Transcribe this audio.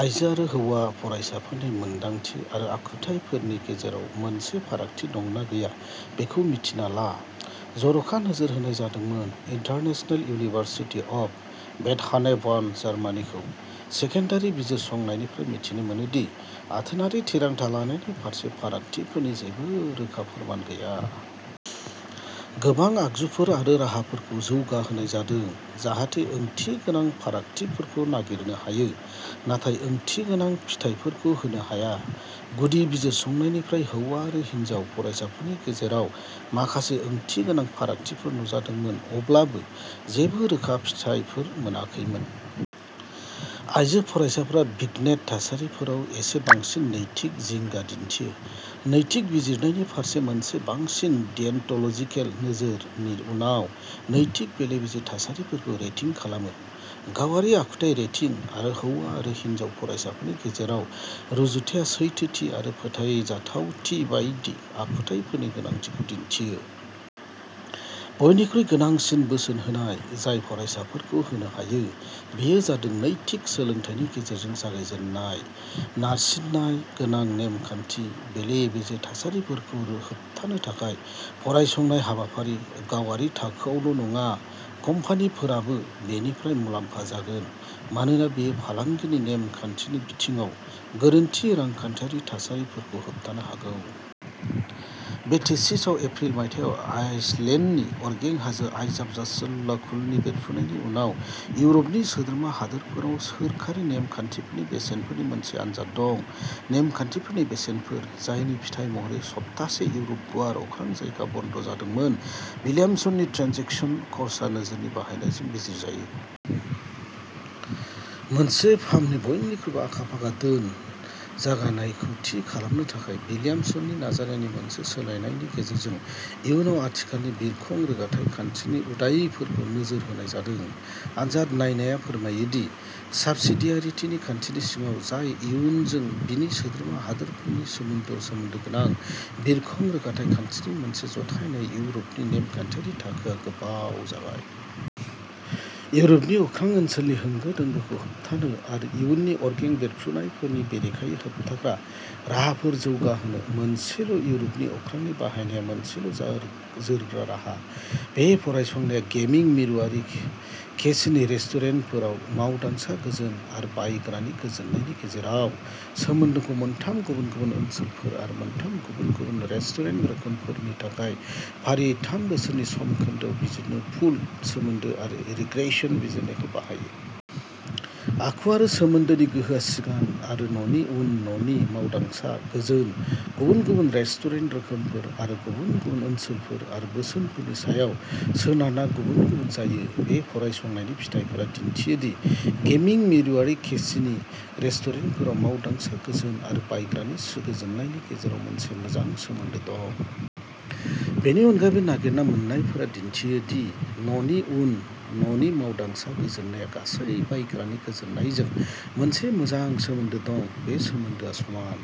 आइजो आरो हौवा फरायसाफोरनि मोनदांथि आरो आखुथायफोरनि गेजेराव मोनसे फारागथि दंना गैया बेखौ मिन्थिना ला। जर'खा नोजोर होनाय जादोंमोन international university of Bad Honnef Bonn, जार्मानिखौ। सेकेन्डारि बिजिरसंनायनिफ्राय मिथिनो मोनो दि आथोनारि थिरांथा लानायनि फारसे फारागथिफोरनि जेबो रोखा फोरमान गैया। गोबां आगजुफोर आरो राहाफोरखौ जौगा होनाय जादों, जाहाथे ओंथिगोनां फारागथिफोरखौ नागिरनो हायो, नाथाय ओंथिगोनां फिथाइफोरखौ होनो हाया। गुदि बिजिरसंनायनिफ्राय हौवा आरो हिनजाव फरायसाफोरनि गेजेराव माखासे ओंथिगोनां फारागथिफोर नुजादोंमोन, अब्लाबो जेबो रोखा फिथायफोर मोनाखैमोन। आइजो फरायसाफोरा भिग्नेट थासारिफोराव एसे बांसिन नैतिक जिंगा दिन्थियो, नैतिक बिजिरनायनि फारसे मोनसे बांसिन डियन्ट'ल'जिकेल नोजोर नि उनाव नैतिक बेले-बेजे थासारिफोरखौ रेटिं खालामो। गावारि आखुथाय रेटिं आरो हौवा आरो हिनजाव फरायसाफोरनि गेजेराव रुजुथाया सैथोथि आरो फोथायजाथावथि बायदि आखुथायफोरनि गोनांथिखौ दिन्थियो। बयनिख्रुइ गोनांसिन बोसोन होनाय जाय फरायसाफोरखौ होनो हायो बेयो जादों नैतिक सोलोंथायनि गेजेरजों जागायजेन्नाय। नारसिननाय गोनां नेम खान्थि बेले-बेजे थासारिफोरखौ होबथानो थाखाय फरायसंनाय हाबाफारि। गावारि थाखोआवल' नङा, कम्पानिफोराबो बेनिफ्राय मुलाम्फा जागोन मानोना बेयो फालांगिनि नेम खान्थिनि बिथिङाव गोरोन्थि रांखान्थियारि थासारिफोरखौ होबथानो हागौ। बे थिसिसआव एप्रिल मायथाइयाव आइसलेन्डनि अरगें हाजो आइजाफजाल्लाजकुलनि बेरफ्रुनायनि उनाव इउर'पनि सोद्रोमा हादोरफोराव सोरखारि नेम खान्थिफोरनि बेसेनफोरनि मोनसे आनजाद दं। नेम खान्थिफोरनि बेसेनफोर, जायनि फिथाय महरै सप्ताहसे इउर'प गुवार अख्रां जायगा बन्द' जादोंमोन, विलियमसननि ट्रेन्जेकसन खर्सा नोजोरनि बाहायनायजों बिजिरजायो। मोनसे फार्मनि बयनिख्रुइबो आखा-फाखा धोन जगायनायखौ थि खालामनो थाखाय विलियमसननि नाजानायनि मोनसे सोलायनायनि गेजेरजों, इयुआव आथिखालनि बिरखं रोगाथाइ खान्थिनि उदायैफोरखौ नोजोर होनाय जादों। आनजाद नायनाया फोरमायो दि साबसिडियारिटिनि खान्थिनि सिङाव, जाय इयुजों बिनि सोद्रोमा हादोरफोरनि सोमोन्दोआव सोमोन्दो गोनां, बिरखं रोगाथाइ खान्थिनि मोनसे जथायनाय इउर'पनि नेमखान्थियारि थाखोआ गोबाव जाबाय। इउर'पनि अख्रां ओनसोलनि होंगो-दोंगोखौ होबथानो आरो इयुननि अरगें बेरफ्रुनायफोरनि बेरेखायै होबथाग्रा राहाफोर जौगाहोनो, मोनसेल'इउर'पनि अख्रांनि बाहायनाया मोनसेल' जोरग्रा राहा। बे फरायसंनाया गेमिं मिरुआरि केसिनो रेस्टुरेन्टफोराव मावदांसा गोजोन आरो बायग्रानि गोजोननायनि गेजेराव सोमोन्दोखौ मोनथाम गुबुन-गुबुन ओनसोलफोर आरो मोनथाम गुबुन-गुबुन रेस्टुरेन्ट रोखोमफोर नि थाखाय फारियै थाम बोसोरनि समखोन्दोआव बिजिरनो पुल्ड सोमोन्दो आरो रिग्रेसन बिजिरनायखौ बाहायो। आखु आरो सोमोन्दोनि गोहोआ सिगां आरो न'नि उन न'नि मावदांसा गोजोन, गुबुन-गुबुन रेस्टुरेन्ट रोखोमफोर, आरो गुबुन-गुबुन ओनसोलफोर आरो बोसोरफोरनि सायाव सोनारना गुबुन-गुबुन जायो। बे फरायसंनायनि फिथायफोरा दिन्थियो दि गेमिं मिरुआरि केसिनो रेस्टुरेन्टफोराव मावदांसा गोजोन आरो बायग्रानि गोजोननायनि गेजेराव मोनसे मोजां सोमोन्दो दं। बेनि अनगायैबो, नागिरना मोन्नायफोरा दिन्थियो दि न'नि उन न'नि मावदांसा गोजोननाया गासै बायग्रानि गोजोननायजों मोनसे मोजां सोमोन्दो दं। बे सोमोन्दोआ समान।